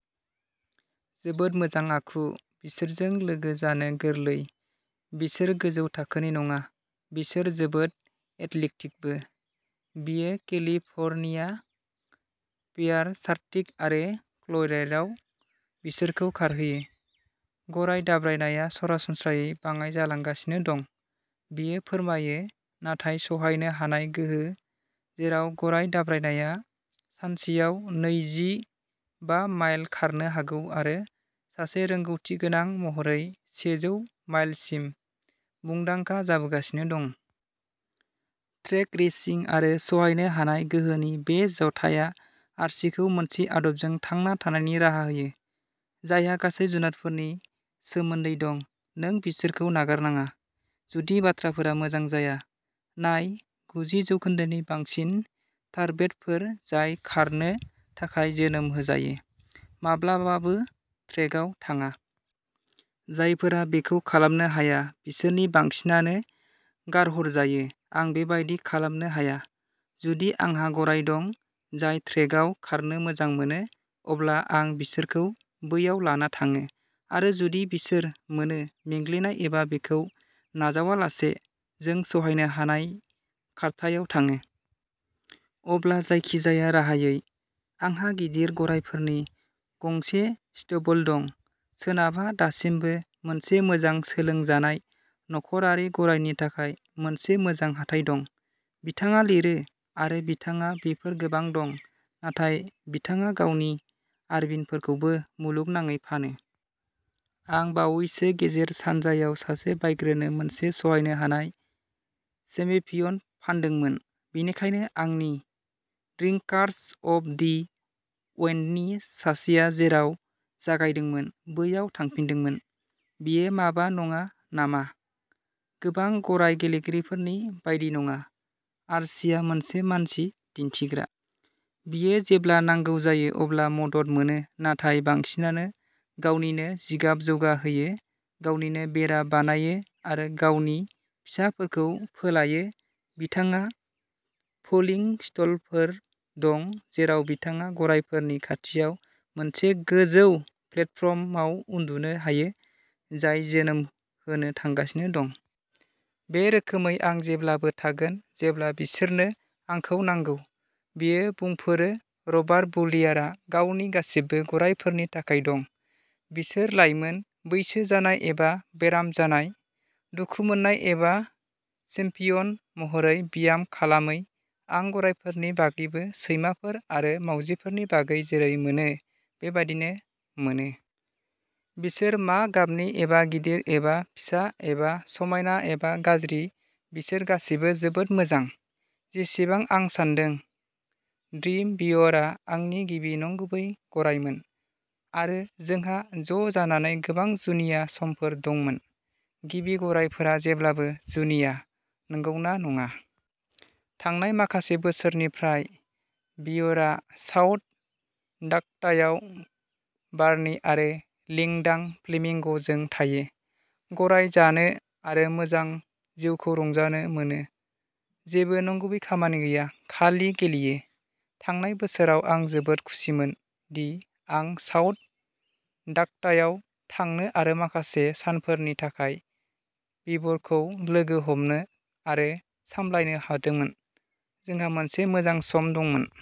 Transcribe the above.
जोबोद मोजां आखु। बिसोरजों लोगो जानो गोरलै, बिसोर गोजौ थाखोनि नङा। बिसोर जोबोद एथलेटिकबो। बियो केलिफर्निया फेयार सार्किट आरो कलरेड'आव बिसोरखौ खारहोयो। गराय दाब्रायनाया सरासनस्रायै बाङाइ जालांगासिनो दं, बियो फोरमायो, नाथाय सहायनो हानाय गोहो, जेराव गराय दाब्रायनाया सानसेयाव नैजि बा माइल खारनो हागौ आरो सासे रोंग'थि गोनां महरै सेजौ माइलसिम, मुंदांखा जाबोगासिनो दं। ट्रेक रेसिं आरो सहायनो हानाय गोहोनि बे जथाया आर्चीखौ मोनसे आदबजों थांना थानायनि राहा होयो, जायहा गासै जुनारफोरनि सोमोन्दै दं नों बिसोरखौ नागारनाङा, जुदि बाथ्राफोरा मोजां जाया। नाय, गुजि जौखोन्दोनि बांसिन थारब्रेडफोर जाय खारनो थाखाय जोनोम होजायो, माब्लाबाबो ट्रेकआव थाङा। जायफोरा बेखौ खालामनो हाया, बिसोरनि बांसिनानो गारहरजायो। आं बेबादि खालामनो हाया। जुदि आंहा गराय दं जाय ट्रेकआव खारनो मोजां मोनो, अब्ला आं बिसोरखौ बैयाव लाना थाङो आरो जुदि बिसोर मोनो मेंग्लिनाय एबा बेखौ नाजावालासे, जों सहायनो हानाय खारथायाव थाङो। अब्ला जायखिजाया राहायै, आंहा गिदिर गरायफोरनि गंसे स्टेबल दं। सोनाबहा, दासिमबो मोनसे मोजां सोलोंजानाय नखरारि गरायनि थाखाय मोनसे मोजां हाथाय दं, बिथाङा लिरो आरो बिथांहा बेफोर गोबां दं। नाथाय बिथाङा गावनि आरबियानफोरखौबो मुलुगनाङै फानो। आं बावैसो गेजेर सानजायाव सासे बायग्रानो मोनसे सहायनो हानाय चेम्पियन फानदोंमोन, बेनिखायनो आंनि ड्रिंकार्स अफ दि उइन्ड'नि सासेया जेराव जागायदोंमोन बैयाव थांफिनदोंमोन। बेयो माबा नङा नामा? गोबां गराय फोलेरगिरिफोरनि बायदि नङा, आर्चीआ मोनसे मानसि दिन्थिग्रा। बियो जेब्ला नांगौ जायो अब्ला मदद मोनो, नाथाय बांसिनानो गावनिनो जिगाब जौगाहोयो, गावनिनो बेरा बानायो आरो गावनि फिसाफोरखौ फोलायो। बिथांहा फोलिं स्टलफोर दं जेराव बिथाङा गरायफोरनि खाथियाव मोनसे गोजौ प्लेटफर्माव उन्दुनो हायो जाय जोनोम होनो थांगासिनो दं। बे रोखोमै आं जेब्लाबो थागोन जेब्ला बिसोरनो आंखौ नांगौ, बियो बुंफोरो। रबार्ट बुलियारआ गावनि गासिबो गरायफोरनि थाखाय दं, बिसोर लाइमोन, बैसो जानाय एबा बेराम जानाय, दुखु मोननाय एबा चेम्पियन महरै ब्याम खालामै। आं गरायफोरनि बागैबो सैमाफोर आरो मावजिफोरनि बागै जेरै मोनो, बे बादिनो मोनो। बिसोर मा गाबनि एबा गिदिर एबा फिसा एबा समायना एबा गाज्रि बिसोर गासैबो जोबोद मोजां, जेसेबां आं सान्दों। ड्रिम वीवरआ आंनि गिबि नंगुबै गरायमोन आरो जोंहा ज' जानानै गोबां जुनिया समफोर दंमोन। गिबि गरायफोरा जेब्लाबो जुनिया, नंगौना नङा? थांनाय माखासे बोसोरफोरनिफ्राय वीवरआ साउथ डाकटायाव बार्नी आरो लिंडा फ्लेमिंगजों थायो, गराय जानो आरो मोजां जिउखौ रंजानो मोनो जेबो नंगुबै खामानि गैया, खालि गेलेयो। थांनाय बोसोराव आं जोबोद खुसिमोन दि आं साउथ डाकटायाव थांनो आरो माखासे सानफोरनि थाखाय वीवरखौ लोगो हमनो आरो सालायनो हादोंमोन। जोंहा मोनसे मोजां सम दंमोन।